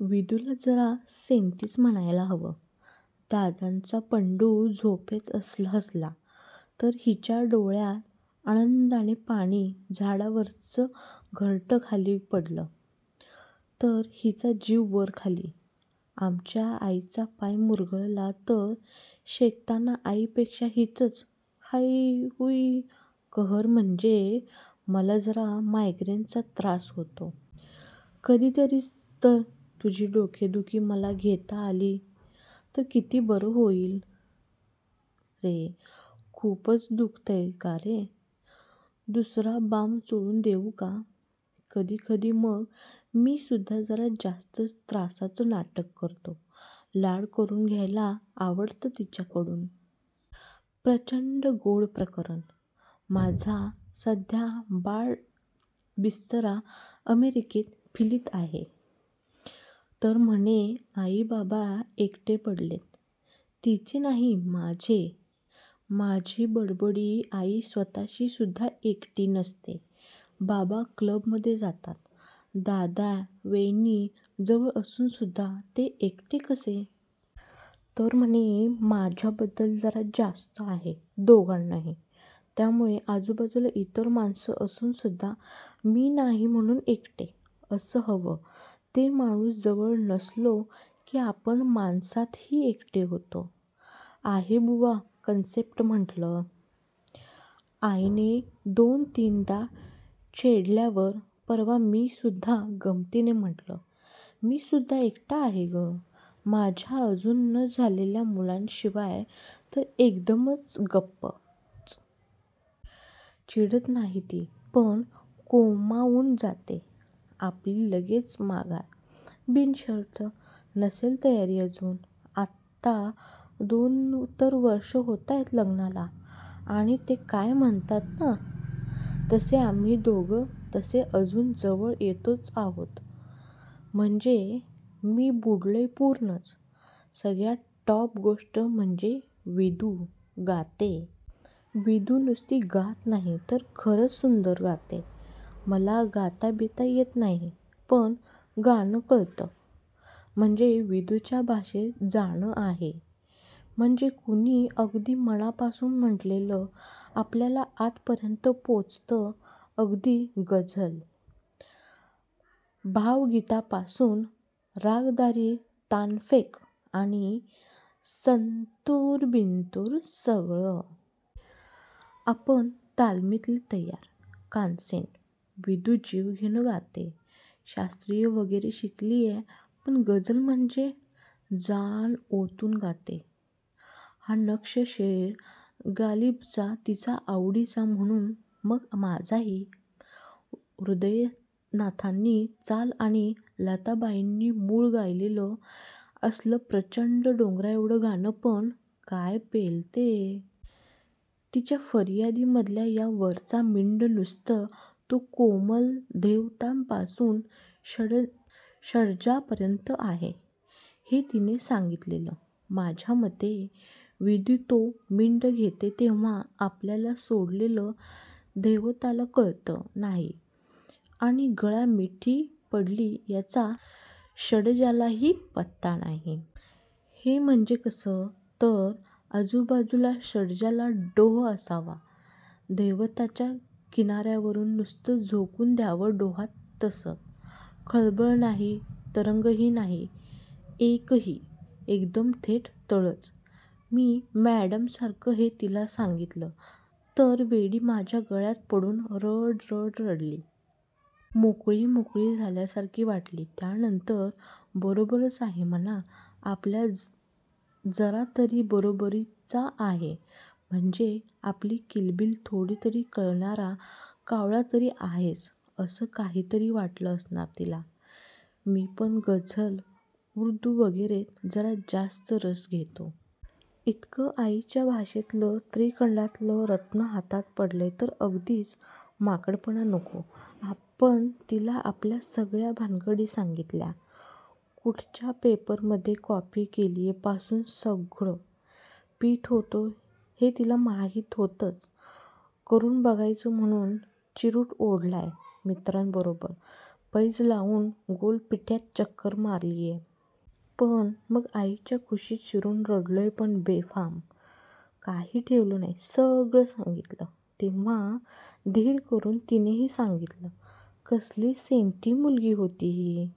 विदूला जरा सेंटीच म्हणायला हवं. दादाचा पुंडू झोपेत असला हसला तर हिच्या डोळ्यात आनन्दाने पाणी, झाडावरचं घरटं खाली पडलं तर हीचा जीव वर खाली, आमच्या आईचा पाय मुरगळला तर, शेकताना आईपेक्षा हिचंच हाई-हुई. कहर म्हणजे, मला जरा मायग्रेन चा त्रास होतो. कधीतरीच तर, तुझी डोकेदुखी मला घेता आली तर किती बरं होईल, रे, खूपच दुखतय कारे? दुसरा बाम चोळून देऊ का? कधी-कधी मग मीसुद्धा जरा जास्तच त्रासाचं नाटक करतो, लाड करून घ्यायला आवडतं तिच्याकडून. प्रच्चंड गोड प्रकरण. माझा सध्या बाड-बिस्तरा अमेरिकेत फिलीत आहे. तर म्हणे आई-बाबा एकटे पडलेत तिचे नाही, माझे! माझी बडबडी आई स्वत:शी सुद्धा एकटी नसते. बाबा क्लबमध्ये जातात. दादा, वैनी जवळ असुनसुद्धा ते एकटे कसे? तर म्हणे माझ्याबद्दल जरा जास्तं आहे दोघांनाही. त्यामुळे आजूबाजूला इतर माणसं असूनसुद्धा 'मी' नाही म्हणून 'एकटे'. असं हवं ते माणूस जवळ नसलो की आपण माणसातही एकटे होतो. आहे बुवा कन्सेप्ट, म्हटलं! आईने दोन-तिनदा छेडल्यावर, परवा मी सुद्धा गमतीने म्हटलं 'मी सुद्धा एकटा आहे गं माझ्या अजून न झालेल्या मुलांशिवाय' तर एकदम गप्पच. चिडत नाही ती, पण कोमाऊन जाते. आपली लगेच माघार, बिनशर्त! नसेल तयारी अजून. आत्ता दोनच तर वर्षं होतायत लग्नाला आणि ते काय म्हणतात न,. तसे आम्ही दोघं तसे अजून जवळ येतोच आहोत. म्हणजे मी बुडलोय पूर्णच, सगळ्यात टॉप गोष्ट म्हणजे विदू "गाते" विदू नुसती गात नाही, तर खरच सुंदर गाते. मला गाता-बिता येत नाही. पण गाणं कळतं. म्हणजे विदूच्या भाषेत, "जाण आहे". म्हणजे कुणी अगदी मनापासून म्हटलेलं आपल्या आतपर्यंत पोचतं. अगदी गझल, भावगीतापासून, रागदारी तानफेक आणि संतूर-बिंतूर, सगळं. आपण तालमितले तय्यार "कानसेन"! विदू जीवघेणं गाते. शास्त्रीय वगैरे शिकलीये पण गझल म्हणजे, जान ओतून गाते. हा नक्षं शेर गालिबचा तिचा आवडीचा म्हणून मग माझाही. हृदयनाथांची चाल आणि लताबाईंनी मूळ गायलेलं असलं प्रचंड डोंगराएवढं गाणं पण काय पेलते! तिच्या फरियादी मधल्या या वरचा मिंड, नुसतं. 'तो कोमल धैवतापासून षड्जापर्यंत आहे' हे तिने सांगितलेलं. माझ्यामते, विदू तो मिंड घेते तेव्हा, आपल्याला सोडलेलं धैवताला कळत नाही आणि गळा मिठी पडली याचा षड्जालाही पत्ता नाही. हे म्हणजे कसं? तर, आजूबाजूला षडजाचा डोह असावा, धैवताच्या किनार्यावरून नुसतं झोकून द्यावं डोहात तसं. खळबळ नाही, तरंगही नाही, एकही! एकदम थेट तळंच. मी मॅडमसारखं हे तिला सांगितलं तर वेडी माझ्या गळ्यात पडून रड-रड रडली. मोकळी मोकळी झाल्यासारखी वाटली त्यानंतर. बरोबरच आहे म्हणा, आपल्या जरातरी बरोबरीचा आहे, म्हणजे आपली किलबिल थोडीतरी कळणारा कावळा तरी आहेच, असं काहीतरी वाटलं असणार तिला. मी पण गझल, उर्दू वगैरेत जरा जास्तं रस घेतो. इतकं आईच्या भाषेतलं त्रिखंडातलं रत्नं हातात पडलय तर अगदीच माकडपणा नको. आपण तिला आपल्या सगळ्या भानगडी सांगितल्या. कुठच्या पेपर मध्ये कॉपी केलीये पासून सगळं. पीत होतो हे तिला माहीत होतंच, करून बघायचं म्हणून चिरूट ओढलाय, मित्रांबरोबर पैज लावून गोलपिठ्यात चक्कर मारलीये.. पण मग आईच्या कुशीत शिरून रडलोय पण बेफाम. काही ठेवलं नाही सगळं सांगितलं. तेव्हा धीर करून तिनेही सांगितल. कसली सेंटी मुलगी होती ही